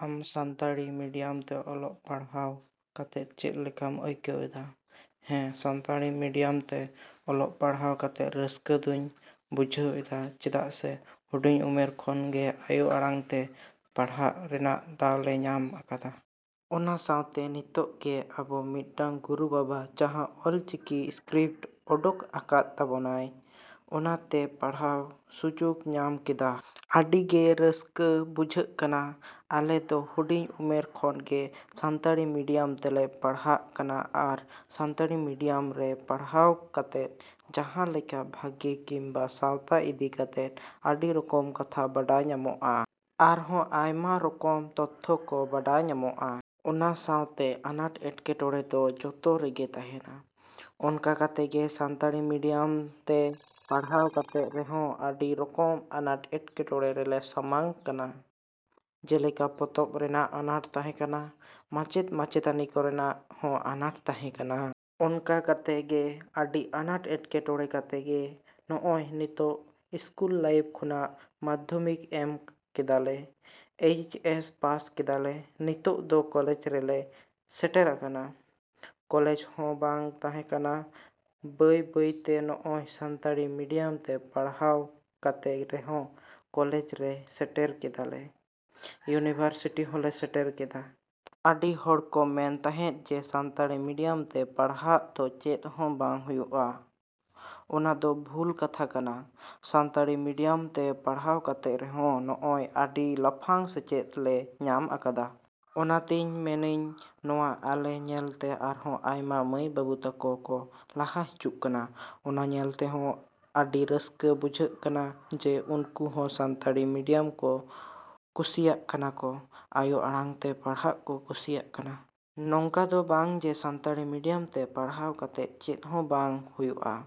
‎ᱟᱢ ᱥᱟᱱᱛᱟᱲᱤ ᱢᱤᱰᱤᱭᱟᱢ ᱛᱮ ᱚᱞᱚᱜ ᱯᱟᱲᱦᱟᱣ ᱠᱟᱛᱮ ᱪᱮᱫ ᱞᱮᱠᱟᱢ ᱟᱹᱭᱠᱟᱹᱣ ᱮᱫᱟ? ᱦᱮᱸ, ᱥᱟᱱᱛᱟᱲᱤ ᱢᱤᱰᱤᱭᱟᱢ ᱛᱮ ᱚᱞᱚᱜ ᱯᱟᱲᱦᱟᱣ ᱠᱟᱛᱮ ᱨᱟᱹᱥᱠᱟᱹ ᱫᱚᱧ ᱵᱩᱡᱷᱟᱹᱣ ᱮᱫᱟ ᱪᱮᱫᱟᱜ ᱥᱮ ᱦᱩᱰᱤᱧ ᱩᱢᱮᱨ ᱠᱷᱚᱱ ᱜᱮ ᱟᱭᱳ ᱟᱲᱟᱝ ᱛᱮ ᱯᱟᱲᱦᱟᱜ ᱨᱮᱭᱟᱜ ᱫᱟᱣ ᱞᱮ ᱧᱟᱢ ᱟᱠᱟᱫᱟ᱾ ᱚᱱᱟ ᱥᱟᱶᱛᱮ ᱱᱤᱛᱚᱜ ᱜᱮ ᱟᱵᱚ ᱢᱤᱫᱴᱟᱝ ᱜᱩᱨᱩ ᱵᱟᱵᱟ ᱡᱟᱦᱟᱸ ᱚᱞ ᱪᱤᱠᱤ ᱥᱠᱨᱤᱯᱴ ᱚᱰᱚᱠ ᱟᱠᱟᱜ ᱛᱟᱵᱚᱱᱟᱭ, ᱚᱱᱟ ᱛᱮ ᱯᱟᱲᱦᱟᱣ ᱥᱩᱡᱚᱜ ᱧᱟᱢ ᱠᱮᱫᱟ᱾ ᱟᱹᱰᱤ ᱜᱮ ᱨᱟᱹᱥᱠᱟᱹ ᱵᱩᱡᱷᱟᱹᱜ ᱠᱟᱱᱟ᱾ ᱟᱞᱮ ᱫᱚ ᱦᱩᱰᱤᱧ ᱩᱢᱮᱨ ᱠᱷᱚᱱ ᱜᱮ ᱥᱟᱱᱛᱟᱲᱤ ᱢᱤᱰᱤᱭᱟᱢ ᱛᱮᱞᱮ ᱯᱟᱲᱦᱟᱜ ᱠᱟᱱᱟ ᱟᱨ ᱥᱟᱱᱛᱟᱲᱤ ᱢᱤᱰᱤᱭᱟᱢ ᱨᱮ ᱯᱟᱲᱦᱟᱣ ᱠᱟᱛᱮ ᱡᱟᱦᱟᱸ ᱞᱮᱠᱟ ᱵᱷᱟᱜᱮ ᱠᱤᱱᱵᱟ ᱥᱟᱶᱛᱟ ᱤᱫᱤ ᱠᱟᱛᱮ ᱟᱹᱰᱤ ᱨᱚᱠᱚᱢ ᱠᱟᱛᱷᱟ ᱵᱟᱰᱟᱭ ᱧᱟᱢᱚᱜᱼᱟ ᱟᱨᱦᱚᱸ ᱟᱭᱢᱟ ᱨᱚᱠᱚᱢ ᱛᱚᱛᱛᱷᱚ ᱠᱚ ᱵᱟᱲᱟᱭ ᱧᱟᱢᱚᱜᱼᱟ᱾ ᱚᱱᱟ ᱥᱟᱶᱛᱮ ᱟᱱᱟᱴ ᱮᱴᱠᱮᱴᱚᱬᱮ ᱫᱚ ᱡᱷᱚᱛᱚ ᱨᱮᱜᱮ ᱛᱟᱦᱮᱱᱟ᱾ ᱚᱱᱠᱟ ᱠᱟᱛᱮ ᱜᱮ ᱥᱟᱱᱛᱟᱲᱤ ᱢᱤᱰᱤᱭᱟᱢ ᱛᱮ ᱯᱟᱲᱦᱟᱣ ᱠᱟᱛᱮ ᱨᱮᱦᱚᱸ ᱟᱹᱰᱤ ᱨᱚᱠᱚᱢ ᱟᱱᱟᱴ ᱮᱴᱠᱮᱴᱚᱬᱮ ᱨᱮᱞᱮ ᱥᱟᱢᱟᱝ ᱠᱟᱱᱟ᱾ ᱡᱮᱞᱮᱠᱟ ᱯᱚᱛᱚᱵ ᱨᱮᱱᱟᱜ ᱟᱱᱟᱴ ᱛᱟᱦᱮᱸ ᱠᱟᱱᱟ, ᱢᱟᱪᱮᱫ ᱢᱟᱪᱮᱛᱟᱹᱱᱤ ᱠᱚᱨᱮᱱᱟᱜ ᱦᱚᱸ ᱟᱱᱟᱴ ᱛᱟᱦᱮᱸ ᱠᱟᱱᱟ᱾ ᱚᱱᱠᱟ ᱠᱟᱛᱮ ᱜᱮ ᱟᱹᱰᱤ ᱟᱱᱟᱴ ᱮᱴᱠᱮᱴᱚᱬᱮ ᱠᱟᱛᱮ ᱜᱮ ᱱᱚᱜᱼᱚᱭ ᱱᱤᱛᱚᱜ ᱤᱥᱠᱩᱞ ᱞᱟᱭᱤᱯᱷ ᱠᱷᱚᱱᱟᱜ ᱢᱟᱫᱽᱫᱷᱚᱢᱤᱠ ᱮᱢ ᱠᱮᱫᱟᱞᱮ, ᱮᱭᱪ ᱮᱥ ᱯᱟᱥ ᱠᱮᱫᱟᱞᱮ, ᱱᱤᱛᱚᱜ ᱫᱚ ᱠᱚᱞᱮᱡᱽ ᱨᱮᱞᱮ ᱥᱮᱴᱮᱨ ᱟᱠᱟᱱᱟ᱾ ᱠᱚᱞᱮᱡᱽ ᱦᱚᱸ ᱵᱟᱝ ᱛᱟᱦᱮᱸ ᱠᱟᱱᱟ᱾ ᱵᱟᱹᱭᱼᱵᱟᱹᱭ ᱛᱮ ᱱᱚᱜᱼᱚᱭ ᱥᱟᱱᱛᱟᱲᱤ ᱢᱤᱰᱤᱭᱟᱢ ᱛᱮ ᱯᱟᱲᱦᱟᱣ ᱠᱟᱛᱮ ᱨᱮᱦᱚᱸ ᱠᱚᱞᱮᱡᱽ ᱨᱮ ᱥᱮᱴᱮᱨ ᱠᱮᱫᱟᱞᱮ, ᱤᱭᱩᱱᱤᱵᱷᱟᱨᱥᱤᱴᱤ ᱦᱚᱸᱞᱮ ᱥᱮᱴᱮᱨ ᱠᱮᱫᱟ᱾ ᱟᱹᱰᱤ ᱦᱚᱲ ᱠᱚ ᱢᱮᱱ ᱛᱟᱦᱮᱸᱫ ᱡᱮ ᱥᱟᱱᱛᱟᱲᱤ ᱢᱤᱰᱤᱭᱟᱢ ᱛᱮ ᱯᱟᱲᱦᱟᱜ ᱫᱚ ᱪᱮᱫ ᱦᱚᱸ ᱵᱟᱝ ᱦᱩᱭᱩᱜᱼᱟ᱾ ᱚᱱᱟᱫᱚ ᱵᱷᱩᱞ ᱠᱟᱛᱷᱟ ᱠᱟᱱᱟ᱾ ᱥᱟᱱᱛᱟᱲᱤ ᱢᱤᱰᱤᱭᱟᱢ ᱛᱮ ᱯᱟᱲᱦᱟᱣ ᱠᱟᱛᱮ ᱨᱮᱦᱚᱸ ᱱᱚᱝᱠᱟ ᱟᱹᱰᱤ ᱞᱟᱯᱷᱟᱝ ᱥᱮᱪᱮᱫ ᱞᱮ ᱧᱟᱢ ᱟᱠᱟᱫᱟ ᱾ ᱚᱱᱟᱛᱮᱧ ᱢᱮᱱᱤᱧ ᱱᱚᱣᱟ ᱟᱞᱮ ᱧᱮᱞᱛᱮ ᱟᱨᱦᱚᱸ ᱟᱭᱢᱟ ᱢᱟᱹᱭ ᱵᱟᱹᱵᱩ ᱛᱟᱠᱚ ᱠᱚ ᱞᱟᱦᱟ ᱦᱤᱡᱩᱜ ᱠᱟᱱᱟ᱾ ᱚᱱᱟ ᱧᱮᱞᱛᱮ ᱦᱚᱸ ᱟᱹᱰᱤ ᱨᱟᱹᱥᱠᱟᱹ ᱵᱩᱡᱷᱟᱹᱜ ᱠᱟᱱᱟ ᱡᱮ ᱩᱱᱠᱩ ᱦᱚᱸ ᱥᱟᱱᱛᱟᱲᱤ ᱢᱤᱰᱤᱭᱟᱢ ᱠᱚ ᱠᱩᱥᱤᱭᱟᱜ ᱠᱟᱱᱟ ᱠᱚ, ᱟᱭᱳ ᱟᱲᱟᱝ ᱛᱮ ᱯᱟᱲᱦᱟᱣ ᱠᱚ ᱠᱩᱥᱤᱭᱟᱜ ᱠᱟᱱᱟ᱾ ᱱᱚᱝᱠᱟ ᱫᱚ ᱵᱟᱝ ᱡᱮ ᱥᱟᱱᱛᱟᱲᱤ ᱢᱤᱰᱤᱭᱟᱢ ᱛᱮ ᱯᱟᱲᱦᱟᱣ ᱠᱟᱛᱮ ᱪᱮᱫ ᱦᱚᱸ ᱵᱟᱝ ᱦᱩᱭᱩᱜᱼᱟ᱾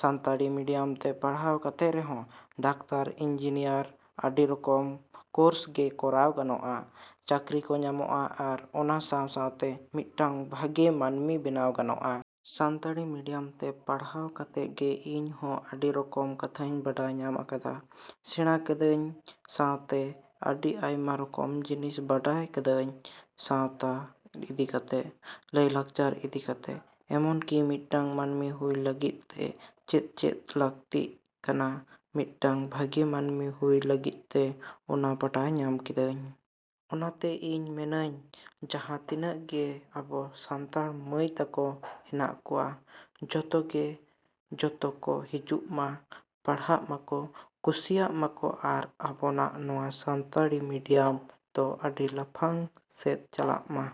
ᱥᱟᱱᱛᱟᱲᱤ ᱢᱤᱰᱤᱭᱟᱢ ᱛᱮ ᱯᱟᱲᱦᱟᱣ ᱠᱟᱛᱮ ᱨᱮᱦᱚᱸ ᱰᱟᱠᱛᱟᱨ, ᱤᱧᱡᱤᱱᱤᱭᱟᱹᱨ, ᱟᱹᱰᱤ ᱨᱚᱠᱚᱢ ᱠᱚᱨᱥ ᱜᱮ ᱠᱚᱨᱟᱣ ᱜᱟᱱᱚᱜᱼᱟ, ᱪᱟᱹᱠᱨᱤ ᱠᱚ ᱧᱟᱢᱚᱜᱼᱟ ᱟᱨ ᱚᱱᱟ ᱥᱟᱶᱼᱥᱟᱶᱛᱮ ᱢᱤᱫᱴᱟᱝ ᱵᱷᱟᱜᱮ ᱢᱟᱹᱱᱢᱤ ᱵᱮᱱᱟᱣ ᱜᱟᱱᱚᱜᱼᱟ᱾ ᱥᱟᱱᱛᱟᱲᱤ ᱢᱤᱰᱤᱭᱟᱢ ᱛᱮ ᱯᱟᱲᱦᱟᱣ ᱠᱟᱛᱮ ᱜᱮ ᱤᱧ ᱦᱚᱸ ᱟᱹᱰᱤ ᱨᱚᱠᱚᱢ ᱠᱟᱛᱷᱟᱧ ᱵᱟᱰᱟᱭ ᱧᱟᱢ ᱟᱠᱟᱫᱟ, ᱥᱮᱬᱟ ᱠᱟᱫᱤᱧ ᱥᱟᱶᱛᱮ ᱟᱹᱰᱤ ᱟᱭᱢᱟ ᱨᱚᱠᱚᱢ ᱡᱤᱱᱤᱥ ᱵᱟᱰᱟᱭ ᱠᱟ.ᱫᱟ.ᱧ ᱥᱟᱶᱛᱟ ᱤᱫᱤ ᱠᱟᱛᱮ, ᱞᱟᱭ ᱞᱟᱠᱪᱟᱨ ᱤᱫᱤ ᱠᱟᱛᱮ, ᱮᱢᱚᱱ ᱠᱤ ᱢᱤᱫᱴᱟᱝ ᱢᱟᱹᱱᱢᱤ ᱦᱩᱭ ᱞᱟᱹᱜᱤᱫ ᱛᱮ ᱪᱮᱫ ᱪᱮᱫ ᱞᱟᱹᱠᱛᱤᱜ ᱠᱟᱱᱟ ᱢᱤᱫᱴᱟᱝ ᱵᱷᱟᱜᱮ ᱢᱟᱹᱱᱢᱤ ᱦᱩᱭ ᱞᱟᱹᱜᱤᱫ ᱛᱮ, ᱚᱱᱟ ᱵᱟᱰᱟᱭ ᱧᱟᱢ ᱠᱮᱫᱟ.ᱧ᱾ ᱚᱱᱟᱛᱮ ᱤᱧ ᱢᱮᱱᱟᱹᱧ ᱡᱟᱦᱟᱸ ᱛᱤᱱᱟᱹᱜ ᱜᱮ ᱟᱵᱚ ᱥᱟᱱᱛᱟᱲ ᱢᱟᱹᱭ ᱛᱟᱠᱚ ᱦᱮᱱᱟᱜ ᱠᱚᱣᱟ, ᱡᱷᱚᱛᱚ ᱜᱮ ᱡᱚᱛᱚ ᱠᱚ ᱦᱤᱡᱩᱜ ᱢᱟ, ᱯᱟᱲᱦᱟᱜ ᱢᱟᱠᱚ, ᱠᱩᱥᱤᱭᱟᱜ ᱢᱟᱠᱚ ᱟᱨ ᱟᱵᱚᱱᱟᱜ ᱱᱚᱣᱟ ᱥᱟᱱᱛᱟᱲᱤ ᱢᱤᱰᱤᱭᱟᱢ ᱫᱚ ᱟᱹᱰᱤ ᱞᱟᱯᱷᱟᱝ ᱥᱮᱫ ᱪᱟᱞᱟᱜ ᱢᱟ᱾।